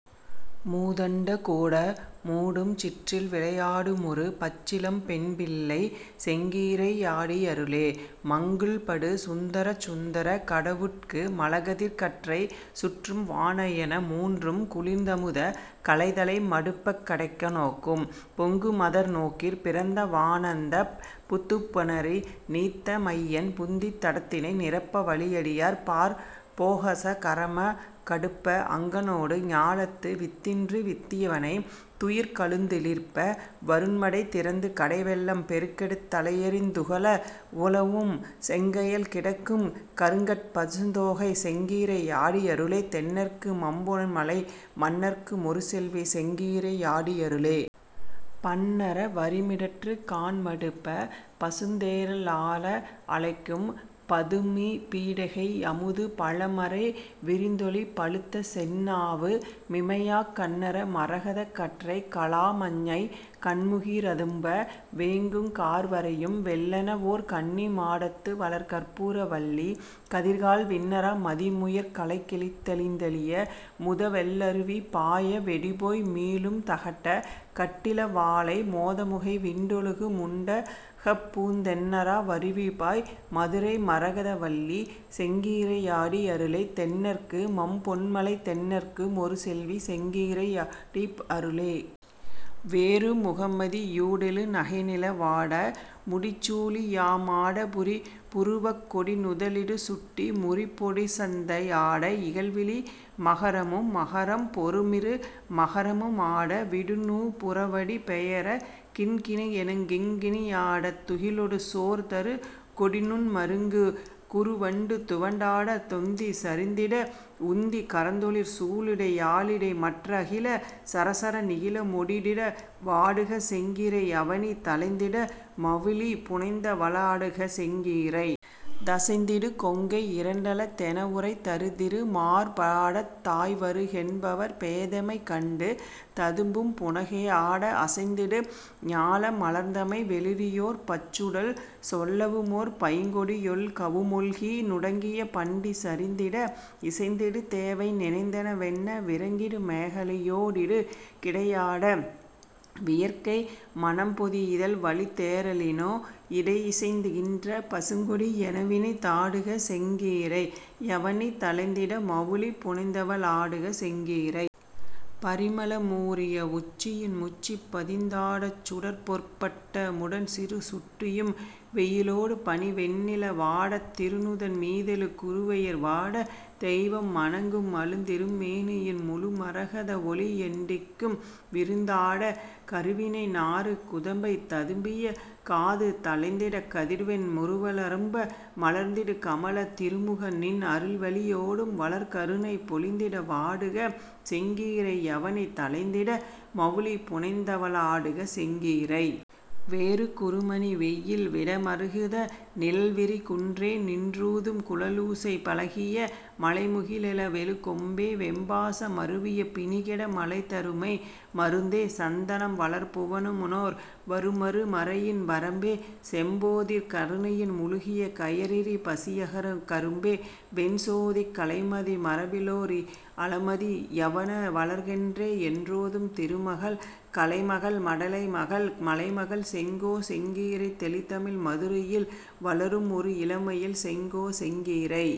மூதண்ட கூடமூடுஞ் சிற்றில்விளை யாடுமொரு பச்சிளம் பெண்பிள்ளை செங்கீரை யாடி யருளே தென்னற்கு மம்பொன்மலை மன்னற்கு மொருசெல்வி செங்கீரை யாடி யருளே. மங்குல்படு கந்தரச் சுந்தரக் கடவுட்கு மழகதிர்க் கற்றை சுற்றும் வாணயன மூன்றுங் குளிர்ந்தமுத கலைதலை மடுப்பக் கடைக்க ணோக்கும் பொங்குமதர் நோக்கிற் பிறந்தவா னந்தப் புதுப்புணரி நீத்த மையன் புந்தித் தடத்தினை நிரப்பவழி யடியர்பாற் போகசா கரம டுப்ப அங்கணொடு ஞாலத்து வித்தின்றி வித்திய வனைத் துயிர்க ளுந்தளிர்ப்ப வருண்மடை திறந்துகடை வெள்ளம் பெருக்கெடுத் தலையெறிந் துகள வுகளுஞ் செங்கயல் கிடக்குங் கருங்கட் பசுந்தோகை செங்கீரை யாடி யருளே தென்னற்கு மம்பொன்மலை மன்னற்கு மொருசெல்வி செங்கீரை யாடி யருளே. பண்ணறா வரிமிடற் றறுகாண் மடுப்பப் பசுந்தேற லாற லைக்கும் பதுமபீ டிகையுமுது பழமறை விரிந்தொளி பழுத்தசெந் நாவு மிமையாக் கண்ணறா மரகதக் கற்றைக் கலாமஞ்ஞை கண்முகி றதும்ப வேங்குங் கார்வரையும் வெள்ளெனவொர் கன்னிமா டத்துவளர் கற்பூர வல்லி கதிர்கால் விண்ணறா மதிமுயற் கலைகிழிந் திழியமுத வெள்ளருவி பாய வெடிபோய் மீளுந் தகட்டகட் டிளவாளை மோதமுகை விண்டொழுகு முண்ட கப்பூந் தெண்ணறா வருவிபாய் மதுரைமர கதவல்லி செங்கீரை யாடி யருளே தென்னற்கு மம்பொன்மலை மன்னற்கு மொருசெல்வி செங்கீரை யாடி யருளே. வேறு முகமதி யூடெழு நகைநில வாட முடிச்சூ ழியமாட முரிபுரு வக்கொடி நுதலிடு சுட்டி முரிப்பொ டசைந் தாட இகல்விழி மகரமு மம்மக ரம்பொரு மிருமக ரமுமாட விடுநூ புரவடி பெயரக் கிண்கி ணெனுங்கிண் கிணியாடத் துகிலொடு சோர்தரு கொடிநுண் மருங்கு றுவண்டு துவண்டாடத் தொந்தி சரிந்திட வுந்தி கரந்தொளிர் சூலுடை யாலிடைமற் றகில சராசர நிகிலமொ டாடிட வாடுக செங்கீரை யவனி தழைந்திட மவுலி புனைந்தவ ளாடுக செங்கீரை. தசைந்திடு கொங்கை யிரண்டல தெனவுரை தருதிரு மார்பாடத் தாய்வரு கென்பவர் பேதைமை கண்டு ததும்புபு னகையாடப் பசைந்திடு ஞால மலர்ந்தமை வெளிறியொர் பச்சுடல் சொல்லவுமோர் பைங்கொடி யொல்கவு மொல்கி நுடங்கிய பண்டி சரிந்தாட இசைந்திடு தேவை நினைந்தன வென்ன விரங்கிடு மேகலையோ டிடுகிடை யாட வியற்கை மணம்பொதி யிதழ்வழி தேறலினோ டசைந்தொசி கின்ற பசுங்கொடி யெனவினி தாடுக செங்கீரை யவனி தழைந்திட மவுலி புனைந்தவ ளாடுக செங்கீரை. பரிமள மூறிய வுச்சியின் முச்சி பதிந்தா டச்சுடர்பொற் பட்டமு டன்சிறு சுட்டியும் வெயிலொடு பனிவெண் ணிலவாடத் திருநுதன் மீதெழு குறுவெயர் வாடத் தெய்வம ணங்கமழுந் திருமேனியின் முழு மரகத வொளியெண் டிக்கும் விரிந்தாடக் கருவினை நாறு குதம்பை ததும்பிய காது தழைந்தாடக் கதிர்வெண் முறுவ லரும்ப மலர்ந்திடு கமலத் திருமுகநின் அருள்விழி யொடும்வளர் கருணை பொழிந்திட வாடுக செங்கீரை யவனி தழைந்திட மவுலி புனைந்தவ ளாடுக செங்கீரை. வேறு குருமணி வெயில்விட மரகத நிழல்விரி குன்றே நின்றூதுங் குழலிசை பழகிய மழைமுகி லெழவெழு கொம்பே வெம்பாச மருவிய பிணிகெட மலைதரு மருமைம ருந்தே சந்தானம் வளர்புவ னமுமுணர் வருமரு மறையின்வ ரம்பே செம்போதிற் கருணையின் முழுகிய கயறிரி பசியக ரும்பே வெண்சோதிக் கலைமதி மரபிலொ ரிளமதி யெனவளர் கன்றே யென்றோதும் திருமகள் கலைகமகடலைமகள் மலைமகள் செங்கோ செங்கீரை தெளிதமிழ் மதுரையில் வளருமொ ரிளமயில் செங்கோ செங்கீரை.